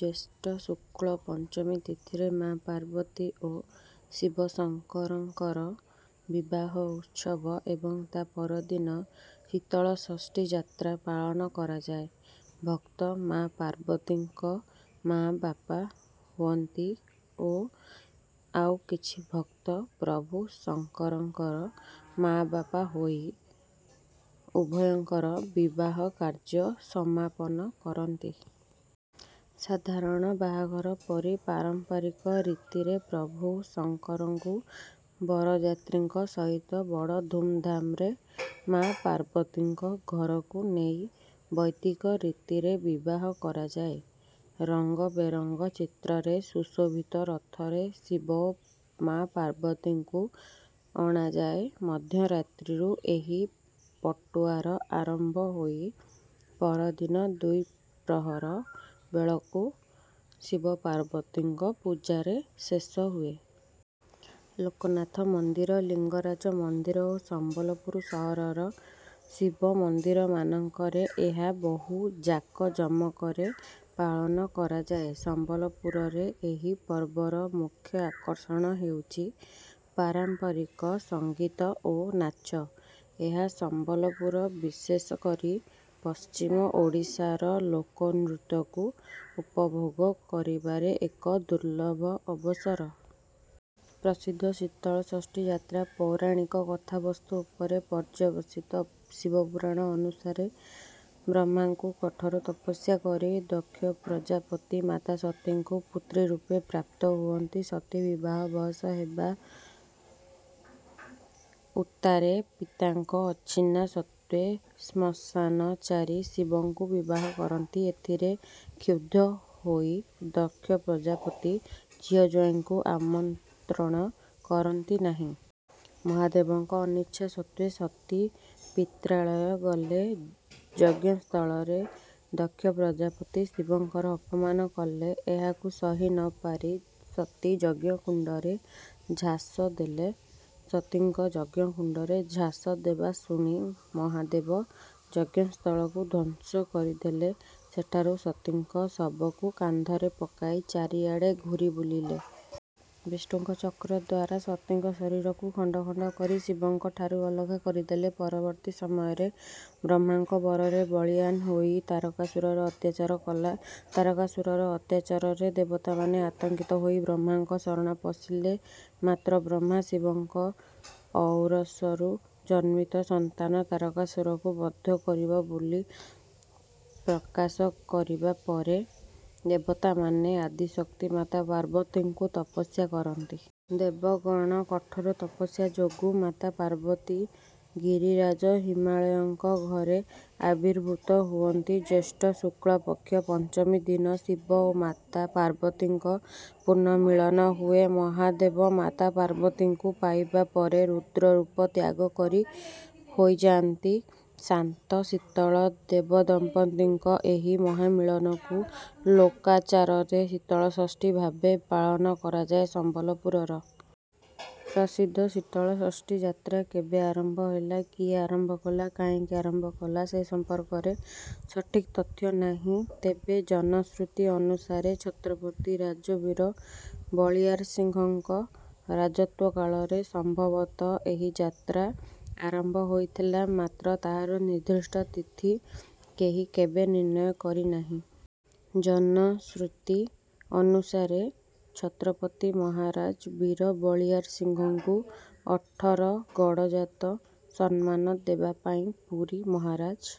ଜ୍ୟୈଷ୍ଠ ଶୁକ୍ଳ ପଞ୍ଚମୀ ତିଥିରେ ମା ପାର୍ବତୀ ଓ ଶିବଶଙ୍କରଙ୍କର ବିବାହ ଉତ୍ସବ ଏବଂ ତା ପରଦିନ ଶୀତଳଷଷ୍ଠୀ ଯାତ୍ରା ପାଳନ କରାଯାଏ। ଭକ୍ତ ମା ପାର୍ବତୀଙ୍କ ମା ବାପା ହୁଅନ୍ତି ଓ ଆଉ କିଛି ଭକ୍ତ ପ୍ରଭୁ ଶଙ୍କରଙ୍କର ମା ବାପା ହୋଇ ଉଭୟଙ୍କର ବିବାହ କାର୍ଯ୍ୟ ସମାପନ କରନ୍ତି। ସାଧାରଣ ବାହାଘର ପରି ପାରମ୍ପରିକ ରୀତିରେ ପ୍ରଭୁ ଶଙ୍କରଙ୍କୁ ବରଯାତ୍ରୀଙ୍କ ସହିତ ବଡ଼ ଧୂମ୍‌ଧାମ୍‌ରେ ମା’ ପାର୍ବତୀଙ୍କ ଘରକୁ ନେଇ ବୈଦିକ ରୀତିରେ ବିବାହ କରାଯାଏ। ରଙ୍ଗବେରଙ୍ଗ ଚିତ୍ରରେ ସୁଶୋଭିତ ରଥରେ ଶିବ ଓ ମା’ ପାର୍ବତୀଙ୍କୁ ଅଣାଯାଏ। ମଧ୍ୟରାତ୍ରିରୁ ଏହି ପଟୁଆର ଆରମ୍ଭ ହୋଇ ପରଦିନ ଦ୍ୱିପ୍ରହର ବେଳକୁ ଶିବପାର୍ବତୀଙ୍କ ପୂଜାରେ ଶେଷ ହୁଏ। ଲୋକନାଥ ମନ୍ଦିର, ଲିଙ୍ଗରାଜ ମନ୍ଦିର ଓ ସମ୍ବଲପୁର ସହରର ଶିବ ମନ୍ଦିରମାନଙ୍କରେ ଏହା ବହୁ ଜାକଜମକରେ ପାଳନ କରାଯାଏ। ସମ୍ବଲପୁରରେ ଏହି ପର୍ବର ମୁଖ୍ୟ ଆକର୍ଷଣ ହେଉଛି ପାରମ୍ପରିକ ସଙ୍ଗୀତ ଓ ନାଚ। ଏହା ସମ୍ବଲପୁର, ବିଶେଷକରି ପଶ୍ଚିମ ଓଡ଼ିଶାର ଲୋକନୃତ୍ୟକୁ ଉପଭୋଗ କରିବାରେ ଏକ ଦୁର୍ଲଭ ଅବସର। ପ୍ରସିଦ୍ଧ ଶୀତଳଷଷ୍ଠୀ ଯାତ୍ରା ପୌରାଣିକ କଥାବସ୍ତୁ ଉପରେ ପର୍ଯ୍ୟବସିତ। ଶିବପୁରାଣ ଅନୁସାରେ ବ୍ରହ୍ମାଙ୍କୁ କଠୋର ତପସ୍ୟା କରି ଦକ୍ଷପ୍ରଜାପତି ମାତା ସତୀଙ୍କୁ ପୁତ୍ରୀ ରୂପେ ପ୍ରାପ୍ତ ହୁଅନ୍ତି। ସତୀ ବିବାହ ବୟସ ହେବା ଉତ୍ତାରେ ପିତାଙ୍କ ଅନିଚ୍ଛା ସତ୍ତ୍ୱେ ଶ୍ମଶାନଚାରୀ ଶିବଙ୍କୁ ବିବାହ କରନ୍ତି। ଏଥିରେ କ୍ଷୁବ୍ଧ ହୋଇ ଦକ୍ଷପ୍ରଜାପତି ଝିଅ-ଜ୍ୱାଇଁଙ୍କୁ ଆମନ୍ତ୍ରଣ କରନ୍ତି ନାହିଁ। ମହାଦେବଙ୍କ ଅନିଚ୍ଛା ସତ୍ତ୍ୱେ ସତୀ ପିତ୍ରାଳୟ ଗଲେ। ଯଜ୍ଞସ୍ଥଳରେ ଦକ୍ଷପ୍ରଜାପତି ଶିବଙ୍କର ଅପମାନ କଲେ, ଏହାକୁ ସହି ନ ପାରି ସତୀ ଯଜ୍ଞକୁଣ୍ଡରେ ଝାସ ଦେଲେ। ସତୀଙ୍କ ଯଜ୍ଞକୁଣ୍ଡରେ ଝାସ ଦେବା ଶୁଣି ମହାଦେବ ଯଜ୍ଞସ୍ଥଳକୁ ଧ୍ୱଂସ କରିଦେଲେ। ସେଠାରୁ ସତୀଙ୍କ ଶବକୁ କାନ୍ଧରେ ପକାଇ ଚାରିଆଡ଼େ ଘୂରିବୁଲିଲେ। ବିଷ୍ଣୁଙ୍କ ଚକ୍ର ଦ୍ୱାରା ସତୀଙ୍କ ଶରୀରକୁ ଖଣ୍ଡ ଖଣ୍ଡ କରି ଶିବଙ୍କ ଠାରୁ ଅଲଗା କରିଦେଲେ। ପରବର୍ତ୍ତୀ ସମୟରେ ବ୍ରହ୍ମାଙ୍କ ବରରେ ବଳୀୟାନ ହୋଇ ତାରକାସୁରର ଅତ୍ୟାଚାର କଲା। ତାରକାସୁରର ଅତ୍ୟାଚାରରେ ଦେବତାମାନେ ଆତଙ୍କିତ ହୋଇ ବ୍ରହ୍ମାଙ୍କ ଶରଣ ପଶିଲେ। ମାତ୍ର ବ୍ରହ୍ମା, ଶିବଙ୍କ ଔରସରୁ ଜନ୍ମିତ ସନ୍ତାନ ତାରକାସୁରକୁ ବଧ କରିବ ବୋଲି ପ୍ରକାଶ କରିବା ପରେ, ଦେବତାମାନେ ଆଦିଶକ୍ତି ମାତା ପାର୍ବତୀଙ୍କୁ ତପସ୍ୟା କରନ୍ତି। ଦେବଗଣଙ୍କ କଠୋର ତପସ୍ୟା ଯୋଗୁଁ ମାତା ପାର୍ବତୀ ଗିରିରାଜ ହିମାଳୟଙ୍କ ଘରେ ଆବିର୍ଭୂତ ହୁଅନ୍ତି। ଜ୍ୟେଷ୍ଠ ଶୁକ୍ଳପକ୍ଷ ପଞ୍ଚମୀ ଦିନ ଶିବ ଓ ମାତା ପାର୍ବତୀଙ୍କ ପୁନଃମିଳନ ହୁଏ। ମହାଦେବ ମାତା ପାର୍ବତୀଙ୍କୁ ପାଇବା ପରେ ରୁଦ୍ର ରୂପ ତ୍ୟାଗ କରି ହୋଇଯାନ୍ତି ଶାନ୍ତ, ଶୀତଳ। ଦେବଦମ୍ପତିଙ୍କ ଏହି ମହାମିଳନକୁ ଲୋକାଚାରରେ ଶୀତଳଷଷ୍ଠୀ ଭାବେ ପାଳନ କରାଯାଏ। ସମ୍ବଲପୁରର ପ୍ରସିଦ୍ଧ ଶୀତଳଷଷ୍ଠୀ ଯାତ୍ରା କେବେ ଆରମ୍ଭ ହେଲା, କିଏ ଆରମ୍ଭ କଲା, କାହିଁକି ଆରମ୍ଭ କଲା ସେ ସମ୍ପର୍କରେ ସଠିକ୍ ତଥ୍ୟ ନାହିଁ। ତେବେ ଜନଶ୍ରୁତି ଅନୁସାରେ ଛତ୍ରପତି ରାଜା ବୀର ବଳିୟାର ସିଂହଙ୍କ ରାଜତ୍ୱକାଳରେ ସମ୍ଭବତଃ ଏହି ଯାତ୍ରା ଆରମ୍ଭ ହୋଇଥିଲା। ମାତ୍ର ତାହାର ନିର୍ଦ୍ଦିଷ୍ଟ ତିଥି କେହି କେବେ ନିର୍ଣ୍ଣୟ କରିନାହିଁ। ଜନଶ୍ରୁତି ଅନୁସାରେ ଛତ୍ରପତି ମହାରାଜ ବୀର ବଳିୟାର ସିଂହଙ୍କୁ ଅଠର ଗଡ଼ଜାତ ସମ୍ମାନ ଦେବା ପାଇଁ ପୁରୀ ମହାରାଜ